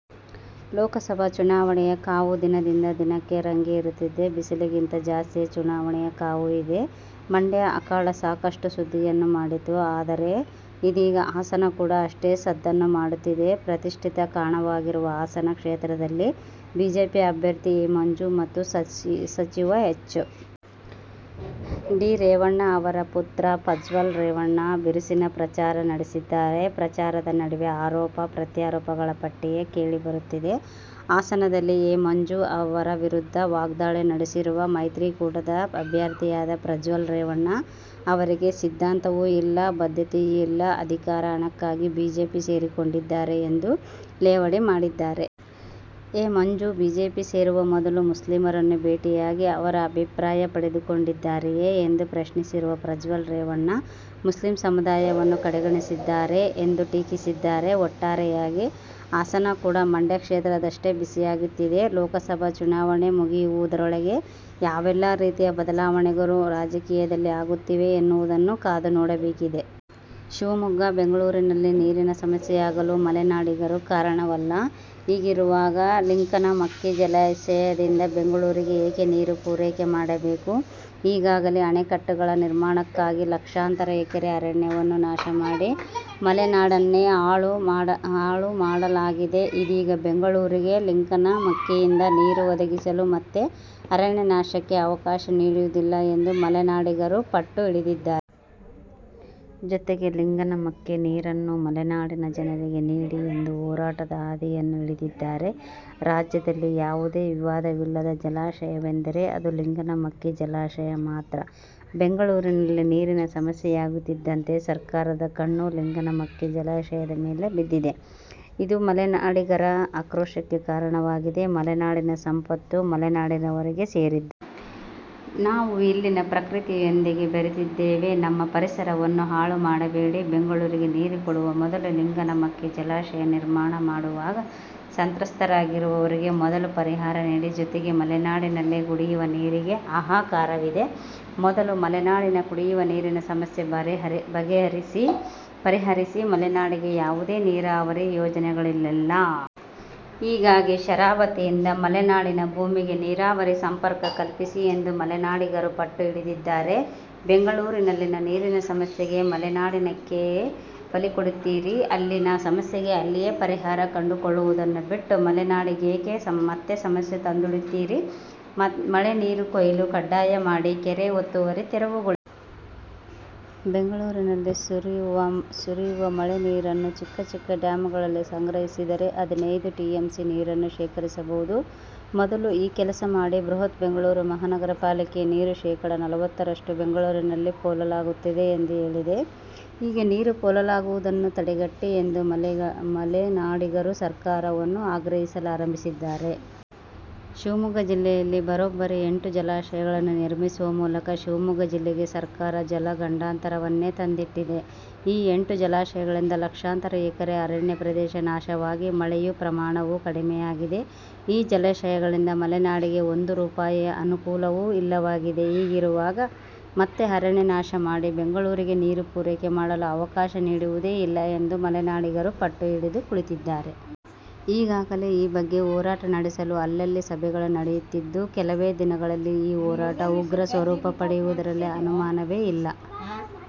ಲೋಕ ಸಭಾ ಚುನಾವಣೆಯ ಕಾವು ದಿನದಿಂದ ದಿನಕ್ಕೆ ರಂಗೇರುತ್ತಿದೆ.. ಬಿಸಿಲಿಗಿಂತ ಜಾಸ್ತಿಯೇ ಚುನಾವಣೆಯ ಕಾವು ಇದೆ. ಮಂಡ್ಯ ಅಖಾಡ ಸಾಕಷ್ಟು ಸುದ್ದಿಯನ್ನು ಮಾಡಿತ್ತು. ಆದರೆ ಇದೀಗ ಹಾಸನ ಕೂಡ ಅಷ್ಟೆ ಸದ್ದನ್ನು ಮಾಡುತ್ತಿದೆ. ಪ್ರತಿಷ್ಠಿತ ಕಣವಾಗಿರುವ ಹಾಸನ ಕ್ಷೇತ್ರದಲ್ಲಿ ಬಿಜೆಪಿ ಅಭ್ಯರ್ಥಿ ಎ. ಮಂಜು ಮತ್ತು ಸಚಿವ ಹೆಚ್. ಡಿ. ರೇವಣ್ಣ ಅವರ ಪುತ್ರ ಪ್ರಜ್ವಲ್ ರೇವಣ್ಣ ಬಿರುಸಿನ ಪ್ರಚಾರ ನಡೆಸಿದ್ದಾರೆ. ಪ್ರಚಾರದ ನಡುವೆ ಆರೋಪ ಪ್ರತ್ಯಾರೋಪಗಳ ಪಟ್ಟಿಯೇ ಕೇಳಿ ಬರುತ್ತಿದೆ. ಹಾಸನದಲ್ಲಿ ಎ. ಮಂಜು ಅವರ ವಿರುದ್ಧ ವಾಗ್ದಾಳಿ ನಡೆಸಿರುವ ಮೈತ್ರಿಕೂಟದ ಅಭ್ಯರ್ಥಿಯಾದ ಪ್ರಜ್ವಲ್ ರೇವಣ್ಣ ಅವರಿಗೆ ಸಿದ್ಧಾಂತವೂ ಇಲ್ಲ, ಬದ್ಧತೆಯೂ ಇಲ್ಲ. ಅಧಿಕಾರ, ಹಣಕ್ಕಾಗಿ ಬಿಜೆಪಿ ಸೇರಿಕೊಂಡಿದ್ದಾರೆ ಎಂದು ಲೇವಡಿ ಮಾಡಿದ್ದಾರೆ. ಎ. ಮಂಜು ಬಿಜೆಪಿ ಸೇರುವ ಮೊದಲು ಮುಸ್ಲಿಮರನ್ನು ಭೇಟಿಯಾಗಿ ಅವರ ಅಭಿಪ್ರಾಯ ಪಡೆದುಕೊಂಡಿದ್ದಾರೆಯೇ ಎಂದು ಪ್ರಶ್ನಿಸಿರುವ ಪ್ರಜ್ವಲ್ ರೇವಣ್ಣ, ಮುಸ್ಲಿಂ ಸಮುದಾಯವನ್ನು ಕಡೆಗಣಿಸಿದ್ದಾರೆ ಎಂದು ಟೀಕಿಸಿದ್ದಾರೆ. ಒಟ್ಟಾರೆಯಾಗಿ ಹಾಸನ ಕೂಡ ಮಂಡ್ಯ ಕ್ಷೇತ್ರದಷ್ಟೆ ಬಿಸಿಯಾಗುತ್ತಿದೆ. ಲೋಕಸಭಾ ಚುನಾವಣೆ ಮುಗಿಯುವುದರೊಳಗೆ ಯಾವೆಲ್ಲಾ ರೀತಿಯ ಬದಲಾವಣೆಗಳು ರಾಜಕೀಯದಲ್ಲಿ ಆಗುತ್ತವೆ ಎನ್ನುವುದನ್ನು ಕಾದುನೋಡಬೇಕಿದೆ. ಶಿವಮೊಗ್ಗ: ಬೆಂಗಳೂರಿನಲ್ಲಿ ನೀರಿನ ಸಮಸ್ಯೆಯಾಗಲು ಮಲೆನಾಡಿಗರು ಕಾರಣವಲ್ಲ. ಹೀಗಿರುವಾಗ ಲಿಂಗನಮಕ್ಕಿ ಜಲಾಶಯದಿಂದ ಬೆಂಗಳೂರಿಗೆ ಏಕೆ ನೀರು ಪೂರೈಕೆ ಮಾಡಬೇಕು. ಈಗಾಗಲೇ ಅಣೆಕಟ್ಟೆಗಳ ನಿರ್ಮಾಣಕ್ಕಾಗಿ ಲಕ್ಷಾಂತರ ಎಕರೆ ಅರಣ್ಯವನ್ನು ನಾಶ ಮಾಡಿ ಮಲೆನಾಡನ್ನೇ ಹಾಳು ಮಾಡಲಾಗಿದೆ. ಇದೀಗ ಬೆಂಗಳೂರಿಗೆ ಲಿಂಗನಮಕ್ಕಿಯಿಂದ ನೀರು ಒದಗಿಸಲು ಮತ್ತೆ ಅರಣ್ಯ ನಾಶಕ್ಕೆ ಅವಕಾಶ ನೀಡುವುದಿಲ್ಲ ಎಂದು ಮಲೆನಾಡಿಗರು ಪಟ್ಟು ಹಿಡಿದಿದ್ದಾರೆ. ಜೊತೆಗೆ ಲಿಂಗನಮಕ್ಕಿ ನೀರನ್ನು ಮಲೆನಾಡಿನ ಜನರಿಗೇ ನೀಡಿ ಎಂದು ಹೋರಾಟದ ಹಾದಿಯನ್ನೂ ಹಿಡಿದಿದ್ದಾರೆ. ರಾಜ್ಯದಲ್ಲಿ ಯಾವುದೇ ವಿವಾದವಿಲ್ಲದ ಜಲಾಶಯವೆಂದರೆ ಅದು ಲಿಂಗನಮಕ್ಕಿ ಜಲಾಶಯ ಮಾತ್ರ. ಬೆಂಗಳೂರಿನಲ್ಲಿ ನೀರಿನ ಸಮಸ್ಯೆಯಾಗುತ್ತಿದ್ದಂತೆ ಸರ್ಕಾರದ ಕಣ್ಣು ಲಿಂಗನಮಕ್ಕಿ ಜಲಾಶಯದ ಮೇಲೆ ಬಿದ್ದಿದೆ. ಇದು ಮಲೆನಾಡಿಗರ ಆಕ್ರೋಶಕ್ಕೆ ಕಾರಣವಾಗಿದೆ. ಮಲೆನಾಡಿನ ಸಂಪತ್ತು ಮಲೆನಾಡಿನವರಿಗೆ ಸೇರಿದ್ದು. ನಾವು ಇಲ್ಲಿನ ಪ್ರಕೃತಿಯೊಂದಿಗೆ ಬೆರೆತಿದ್ದೇವೆ. ನಮ್ಮ ಪರಿಸರವನ್ನು ಹಾಳು ಮಾಡಬೇಡಿ. ಬೆಂಗಳೂರಿಗೆ ನೀರು ಕೊಡುವ ಮೊದಲು ಲಿಂಗನಮಕ್ಕಿ ಜಲಾಶಯ ನಿರ್ಮಾಣ ಮಾಡುವಾಗ ಸಂತ್ರಸ್ಥರಾದವರಿಗೆ ಮೊದಲು ಪರಿಹಾರ ನೀಡಿ. ಜೊತೆಗೆ ಮಲೆನಾಡಿನಲ್ಲೇ ಕುಡಿಯುವ ನೀರಿಗೆ ಹಾಹಾಕಾರವಿದೆ. ಮೊದಲು ಮಲೆನಾಡಿನ ಕುಡಿಯುವ ನೀರಿನ ಸಮಸ್ಯೆ ಪರಿಹರಿಸಿ. ಮಲೆನಾಡಿಗೆ ಯಾವುದೇ ನೀರಾವರಿ ಯೋಜನೆಗಳಿಲ್ಲ. ಹೀಗಾಗಿ ಶರಾವತಿಯಿಂದ ಮಲೆನಾಡಿನ ಭೂಮಿಗೆ ನೀರಾವರಿ ಸಂಪರ್ಕ ಕಲ್ಪಿಸಿ ಎಂದು ಮಲೆನಾಡಿಗರು ಪಟ್ಟು ಹಿಡಿದಿದ್ದಾರೆ. ಬೆಂಗಳೂರಿನಲ್ಲಿನ ನೀರಿನ ಸಮಸ್ಯೆಗೆ ಮಲೆನಾಡನ್ನೇಕೆ ಬಲಿಕೊಡುತ್ತೀರಿ. ಅಲ್ಲಿನ ಸಮಸ್ಯೆಗೆ ಅಲ್ಲಿಯೇ ಪರಿಹಾರ ಕಂಡುಕೊಳ್ಳುವುದನ್ನು ಬಿಟ್ಟು ಮಲೆನಾಡಿಗೇಕೆ ಮತ್ತೆ ಸಮಸ್ಯೆ ತಂದೊಡ್ಡುತ್ತಿದ್ದೀರಿ. ಮಳೆ ನೀರುಕೊಯ್ಲು ಕಡ್ಡಾಯ ಮಾಡಿ. ಕೆರೆ ಒತ್ತುವರಿ ತೆರವುಗೊಳಿಸಿ. ಬೆಂಗಳೂರಿನಲ್ಲಿ ಸುರಿಯುವ ಮಳೆ ನೀರನ್ನು ಚಿಕ್ಕ ಚಿಕ್ಕ ಡ್ಯಾಂಗಳಲ್ಲಿ ಸಂಗ್ರಹಿಸಿದರೆ ಹದಿನೈದು ಟಿಎಂಸಿ ನೀರನ್ನು ಶೇಖರಿಸಬಹುದು. ಮೊದಲು ಈ ಕೆಲಸ ಮಾಡಿ. ಬೃಹತ್ ಬೆಂಗಳೂರು ಮಹಾನಗರ ಪಾಲಿಕೆಯೇ ನೀರು ಶೇಕಡಾ ನಲವತ್ತರಷ್ಟು ಬೆಂಗಳೂರಿನಲ್ಲಿ ಪೋಲಾಗುತ್ತಿದೆ ಎಂದು ಹೇಳಿದೆ. ಹೀಗೆ ನೀರು ಪೋಲಾಗುವುದನ್ನು ತಡೆಗಟ್ಟಿ ಎಂದು ಮಲೆನಾಡಿಗರು ಸರ್ಕಾರವನ್ನು ಆಗ್ರಹಿಸಲಾರಂಭಿಸಿದ್ದಾರೆ. ಶಿವಮೊಗ್ಗ ಜಿಲ್ಲೆಯಲ್ಲಿ ಬರೋಬ್ಬರಿ ಎಂಟು ಜಲಾಶಯಗಳನ್ನು ನಿರ್ಮಿಸುವ ಮೂಲಕ ಶಿವಮೊಗ್ಗ ಜಿಲ್ಲೆಗೆ ಸರ್ಕಾರ ಜಲ ಗಂಡಾಂತರವನ್ನೇ ತಂದಿಟ್ಟಿದೆ. ಈ ಎಂಟು ಜಲಾಶಯಗಳಿಂದ ಲಕ್ಷಾಂತರ ಎಕರೆ ಅರಣ್ಯ ಪ್ರದೇಶ ನಾಶವಾಗಿ ಮಳೆಯ ಪ್ರಮಾಣವೂ ಕಡಿಮೆಯಾಗಿದೆ. ಈ ಜಲಾಶಯಗಳಿಂದ ಮಲೆನಾಡಿಗೆ ಒಂದು ರೂಪಾಯಿ ಅನುಕೂಲವೂ ಇಲ್ಲವಾಗಿದೆ. ಹೀಗಿರುವಾಗ ಮತ್ತೆ ಅರಣ್ಯ ನಾಶ ಮಾಡಿ ಬೆಂಗಳೂರಿಗೆ ನೀರು ಪೂರೈಕೆ ಮಾಡಲು ಅವಕಾಶ ನೀಡುವುದೇ ಇಲ್ಲ ಎಂದು ಮಲೆನಾಡಿಗರು ಪಟ್ಟು ಹಿಡಿದು ಕುಳಿತಿದ್ದಾರೆ. ಈಗಾಗಲೇ ಈ ಬಗ್ಗೆ ಹೋರಾಟ ನಡೆಸಲು ಅಲ್ಲಲ್ಲಿ ಸಭೆಗಳೂ ನಡೆಯಿತ್ತಿದ್ದು. ಕೆಲವೇ ದಿನಗಳಲ್ಲಿ ಈ ಹೋರಾಟ ಉಗ್ರ ಸ್ವರೂಪ ಪಡೆಯುವುದರಲ್ಲಿ ಅನುಮಾನವೇ ಇಲ್ಲ.